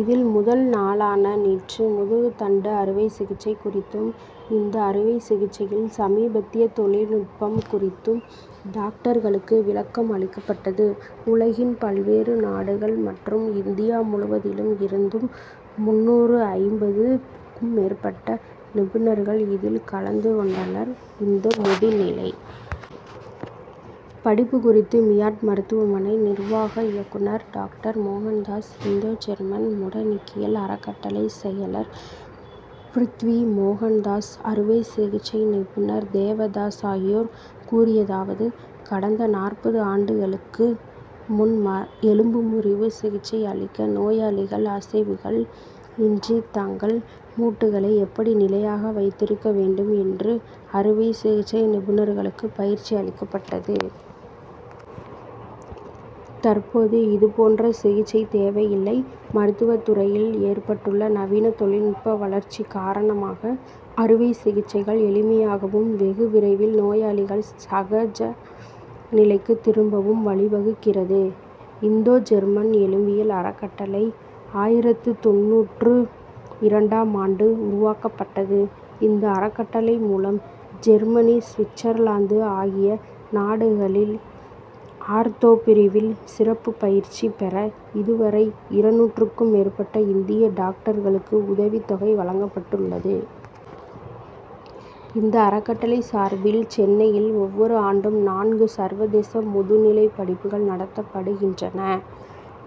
இதில், முதல் நாளான நேற்று முதுகுத்தண்டு அறுவை சிகிச்சை குறித்தும், இந்த அறுவை சிகிச்சையில் சமீபத்திய தொழில்நுட்பம் குறித்தும் டாக்டர்களுக்கு விளக்கம் அளிக்கப்பட்டது. உலகின் பல்வேறு நாடுகள் மற்றும் இந்தியா முழுவதிலும் இருந்தும் முந்நூறு ஐம்பதுக்கும் மேற்பட்ட நிபுணர்கள் இதில் கலந்து கொண்டனர். இந்த முதுநிலை படிப்பு குறித்து மியாட் மருத்துவமனை நிர்வாக இயக்குனர் டாக்டர் மோகன்தாஸ், இந்தோ ஜெர்மன் முடநீக்கியல் அறக்கட்டளை செயலர் பிருத்வி மோகன்தாஸ், அறுவை சிகிச்சை நிபுணர் தேவதாஸ் ஆகியோர் கூறியதாவது:கடந்த நாற்பது ஆண்டுகளுக்கு முன் எலும்பு முறிவு சிகிச்சை அளிக்க, நோயாளிகள் அசைவுகள் இன்றி தங்கள் மூட்டுக்களை எப்படி நிலையாக வைத்திருக்க வேண்டும் என்று அறுவை சிகிச்சை நிபுணர்களுக்கு பயிற்சி அளிக்கப்பட்டது. தற்போது இதுபோன்ற சிகிச்சை தேவையில்லை. மருத்துவ துறையில் ஏற்பட்டுள்ள நவீன தொழில்நுட்ப வளர்ச்சி காரணமாக, அறுவை சிகிச்சைகள் எளிமையாகவும், வெகு விரைவில் நோயாளிகள் சகஜ நிலைக்கு திரும்பவும் வழிவகுக்கிறது. இந்தோ ஜெர்மன் எலும்பியல் அறக்கட்டளை ஆயிரத்து தொண்ணூற்று இரண்டாம் ஆண்டு உருவாக்கப்பட்டது. இந்த அறக்கட்டளை மூலம் ஜெர்மனி, சுவிட்சர்லாந்து ஆகிய நாடுகளில் ஆர்தோ பிரிவில் சிறப்பு பயிற்சி பெற இதுவரை இருநூற்றுக்கும் மேற்பட்ட இந்திய டாக்டர்களுக்கு உதவித் தொகை வழங்கப்பட்டுள்ளது. இந்த அறக்கட்டளை சார்பில் சென்னையில் ஒவ்வொரு ஆண்டும் நான்கு சர்வதேச முதுநிலை படிப்புகள் நடத்தப்படுகின்றன.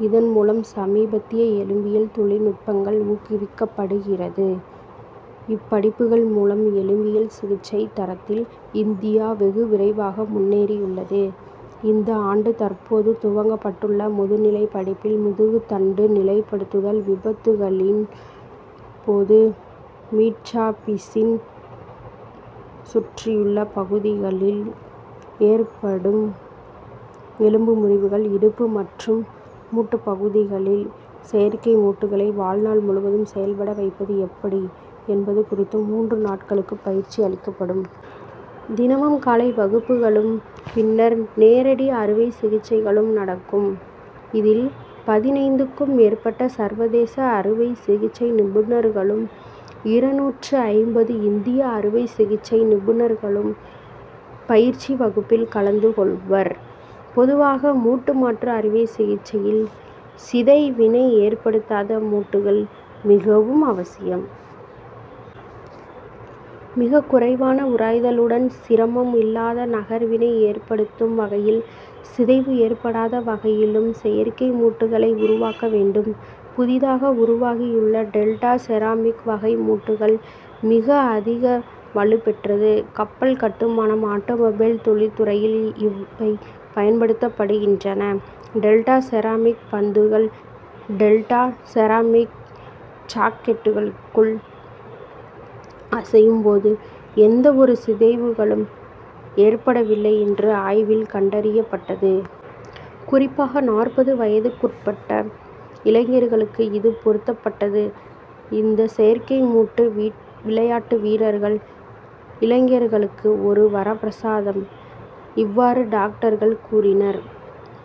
இதன் மூலம் சமீபத்திய எலும்பியல் தொழில்நுட்பங்கள் ஊக்குவிக்கப்படுகிறது. இப்படிப்புகள் மூலம் எலும்பியல் சிகிச்சை தரத்தில் இந்தியா வெகு விரைவாக முன்னேறியுள்ளது. இந்த ஆண்டு, தற்போது துவங்கப்பட்டுள்ள முதுநிலை படிப்பில், முதுகுத்தண்டு நிலைப்படுத்துதல், விபத்துகளின் போது மீட்டாபிசீன் சுற்றியுள்ள பகுதிகளில் ஏற்படும் எலும்பு முறிவுகள், இடுப்பு மற்றும் மூட்டு பகுதிகளில் செயற்கை மூட்டுக்களை வாழ்நாள் முழுவதும் செயல்பட வைப்பது எப்படி என்பது குறித்து மூன்று நாட்களுக்கு பயிற்சி அளிக்கப்படும். தினமும் காலை வகுப்புகளும், பின்னர் நேரடி அறுவை சிகிச்சைகளும் நடக்கும். இதில், பதினைந்துக்கும் மேற்பட்ட சர்வதேச அறுவை சிகிச்சை நிபுணர்களும், இருநூற்று ஐம்பது இந்திய அறுவை சிகிச்சை நிபுணர்களும் பயிற்சி வகுப்பில் கலந்து கொள்வர். பொதுவாக மூட்டு மாற்று அறுவை சிகிச்சையில் சிதைவினை ஏற்படுத்தாத மூட்டுக்கள் மிகவும் அவசியம். மிக குறைவான உராய்தலுடன், சிரமம் இல்லாத நகர்வினை ஏற்படுத்தும் வகையில், சிதைவு ஏற்படாத வகையிலும் செயற்கை மூட்டுக்களை உருவாக்க வேண்டும். புதிதாக உருவாகியுள்ள "டெல்டா செராமிக்' வகை மூட்டுக்கள் மிக அதிக வலுபெற்றது. கப்பல் கட்டுமானம், ஆட்டோமொபைல் தொழிற்துறையில் இவை பயன்படுத்தப்படுகின்றன. டெல்டா செராமிக் பந்துகள், டெல்டா செராமிக் சாக்கெட்டிற்குள் அசையும் போது, எந்த ஒரு சிதைவுகளும் ஏற்படவில்லை என்று ஆய்வில் கண்டறியப்பட்டது. குறிப்பாக, நாற்பது வயதுக்குட்பட்ட இளைஞர்களுக்கு இது பொருத்தப்பட்டது. இந்த செயற்கை மூட்டு, விளையாட்டு வீரர்கள், இளைஞர்களுக்கு ஒரு வரப்பிரசாதம். இவ்வாறு டாக்டர்கள் கூறினர்.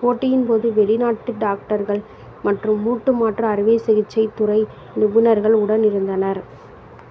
போட்டியின் போது வெளிநாட்டு டாக்டர்கள் மற்றும் மூட்டு மாற்று அறுவை சிகிச்சை துறை நிபுணர்கள் உடனிருந்தனர்.